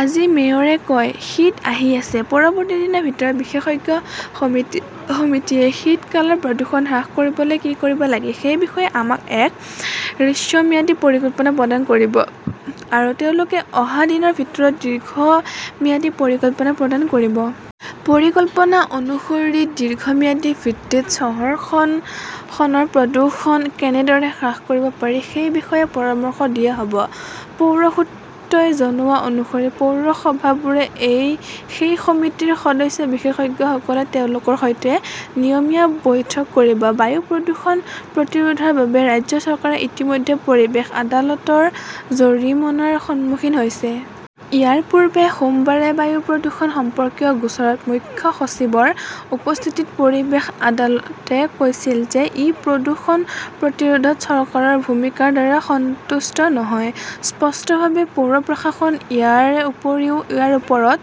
আজি মেয়ৰে কয়, "শীত আহি আছে। পৰৱৰ্তী দিনৰ ভিতৰত বিশেষজ্ঞ সমিতিয়ে শীতকালত প্ৰদূষণ হ্ৰাস কৰিবলৈ কি কৰিব লাগে সেই বিষয়ে আমাক এক হ্ৰস্বম্যাদী পৰিকল্পনা প্ৰদান কৰিব। আৰু তেওঁলোকে অহা দিনৰ ভিতৰত দীৰ্ঘম্যাদী পৰিকল্পনা প্ৰদান কৰিব। পৰিকল্পনা অনুসৰি দীৰ্ঘম্যাদী ভিত্তিত চহৰখনৰ প্ৰদূষণ কেনেদৰে হ্ৰাস কৰিব পাৰি সেই বিষয়ে পৰামৰ্শ দিয়া হ'ব।" পৌৰ সূত্ৰই জনোৱা অনুসৰি পৌৰসভাবোৰো সেই সমিতিৰ সদস্য। বিশেষজ্ঞসকলে তেওঁলোকৰ সৈতে নিয়মীয়া বৈঠক কৰিব। বায়ু প্ৰদূষণ প্ৰতিৰোধৰ বাবে ৰাজ্য চৰকাৰে ইতিমধ্যে পৰিৱেশ আদালতৰ জৰিমনাৰ সন্মুখীন হৈছে। ইয়াৰ পূৰ্বে সোমবাৰে বায়ু প্ৰদূষণ সম্পৰ্কীয় গোচৰত মুখ্য সচিবৰ উপস্থিতিত পৰিৱেশ আদালতে কৈছিল যে ই প্ৰদূষণ প্ৰতিৰোধত চৰকাৰৰ ভূমিকাৰ দ্বাৰা সন্তুষ্ট নহয়। স্পষ্টভাৱে পৌৰ প্ৰশাসন ইয়াৰ ওপৰত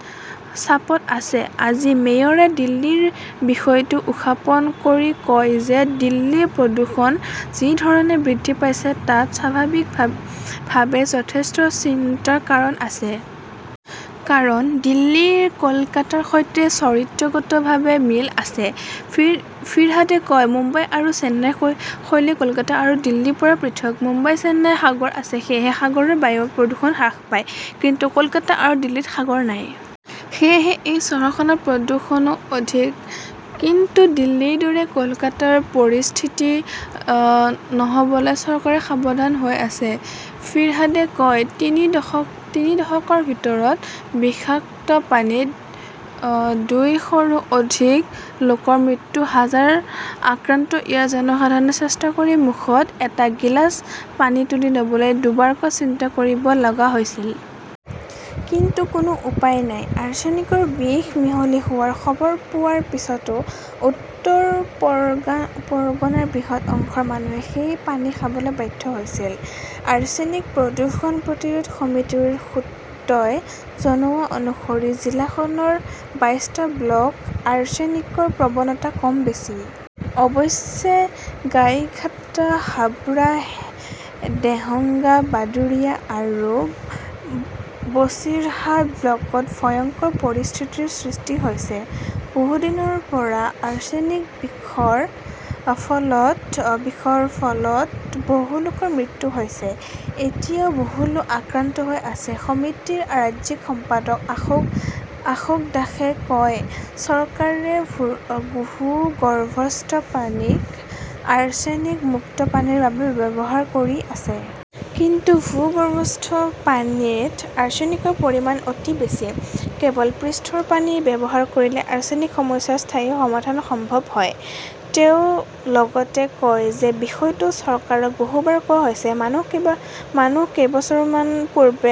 চাপত আছে। আজি মেয়ৰে দিল্লীৰ বিষয়টো উত্থাপন কৰি কয় যে দিল্লীৰ প্ৰদূষণ যি ধৰণে বৃদ্ধি পাইছে তাত স্বাভাৱিকভাৱেই যথেষ্ট চিন্তাৰ কাৰণ আছে। কাৰণ দিল্লীৰ কলকাতাৰ সৈতে চৰিত্ৰগতভাৱে মিল আছে। ফিৰহাদে কয়, "মুম্বাই আৰু চেন্নাইৰ শৈলী কলকাতা আৰু দিল্লীৰ পৰা পৃথক। মুম্বাই, চেন্নাইত সাগৰ আছে। সেয়েহে সাগৰৰ বায়ুৰ প্ৰদূষণ হ্ৰাস পায়। কিন্তু কলকাতা আৰু দিল্লীত সাগৰ নাই। সেয়েহে এই চহৰখনত প্ৰদূষণও অধিক। কিন্তু দিল্লীৰ দৰে কলকাতাৰ পৰিস্থিতি নহ'বলৈ চৰকাৰে সাৱধান হৈ আছে ", ফিৰহাদে কয়। তিনি দশকৰ ভিতৰত বিষাক্ত পানীত দুই শৰো অধিক লোকৰ মৃত্যু, হাজাৰ আক্ৰান্ত ইয়াৰ জনসাধাৰণে চেষ্টা কৰি মুখত এটা গিলাচ পানী তুলি ল'বলৈ দুবাৰকৈ চিন্তা কৰিব লগা হৈছিল। কিন্তু কোনো উপায় নাই। আৰ্ছেনিকৰ বিষ মিহলি হোৱাৰ খবৰ পোৱাৰ পিছতো উত্তৰ পৰ্গনাৰ বৃহৎ অংশৰ মানুহে সেই পানী খাবলৈ বাধ্য হৈছিল। আৰ্ছেনিক প্ৰদূষণ প্ৰতিৰোধ সমিতিৰ সূত্ৰই জনোৱা অনুসৰি জিলাখনৰ বাইশটা ব্লক আৰ্ছেনিকৰ প্ৰৱণতা কম বেছি। অৱশ্যে, গাইঘাটা, হাবৰা, দেগঙ্গা, বাদুৰিয়া আৰু বছিৰহাট ব্লকত ভয়ংকৰ পৰিস্থিতিৰ সৃষ্টি হৈছে। বহুদিনৰ পৰা আৰ্ছেনিক বিষৰ ফলত বহু লোকৰ মৃত্যু হৈছে। এতিয়াও বহু লোক আক্ৰান্ত হৈ আছে। সমিতিৰ ৰাজ্যিক সম্পাদক অশোক দাসে কয়, "চৰকাৰে ভূগৰ্ভস্থ পানীক আৰ্ছেনিক মুক্ত পানীৰ বাবে ব্যৱহাৰ কৰি আছে। কিন্তু ভূগৰ্ভস্থ পানীত আৰ্ছেনিকৰ পৰিমাণ অতি বেছি। কেৱল পৃষ্ঠৰ পানী ব্যৱহাৰ কৰিলে আৰ্ছেনিক-সমস্যাৰ স্থায়ী সমাধান সম্ভৱ হয়।" তেওঁ লগতে কয় যে বিষয়টো চৰকাৰক বহুবাৰ কোৱা হৈছে। মানুহ কেইবছৰমান পূৰ্বে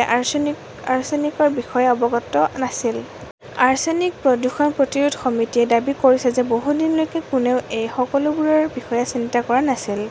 আৰ্ছেনিকৰ বিষয়ে অৱগত নাছিল। আৰ্ছেনিক প্ৰদূষণ প্ৰতিৰোধ সমিতিয়ে দাবী কৰিছে যে বহুদিনলৈকে কোনেও এই সকলোবোৰৰ বিষয়ে চিন্তা কৰা নাছিল।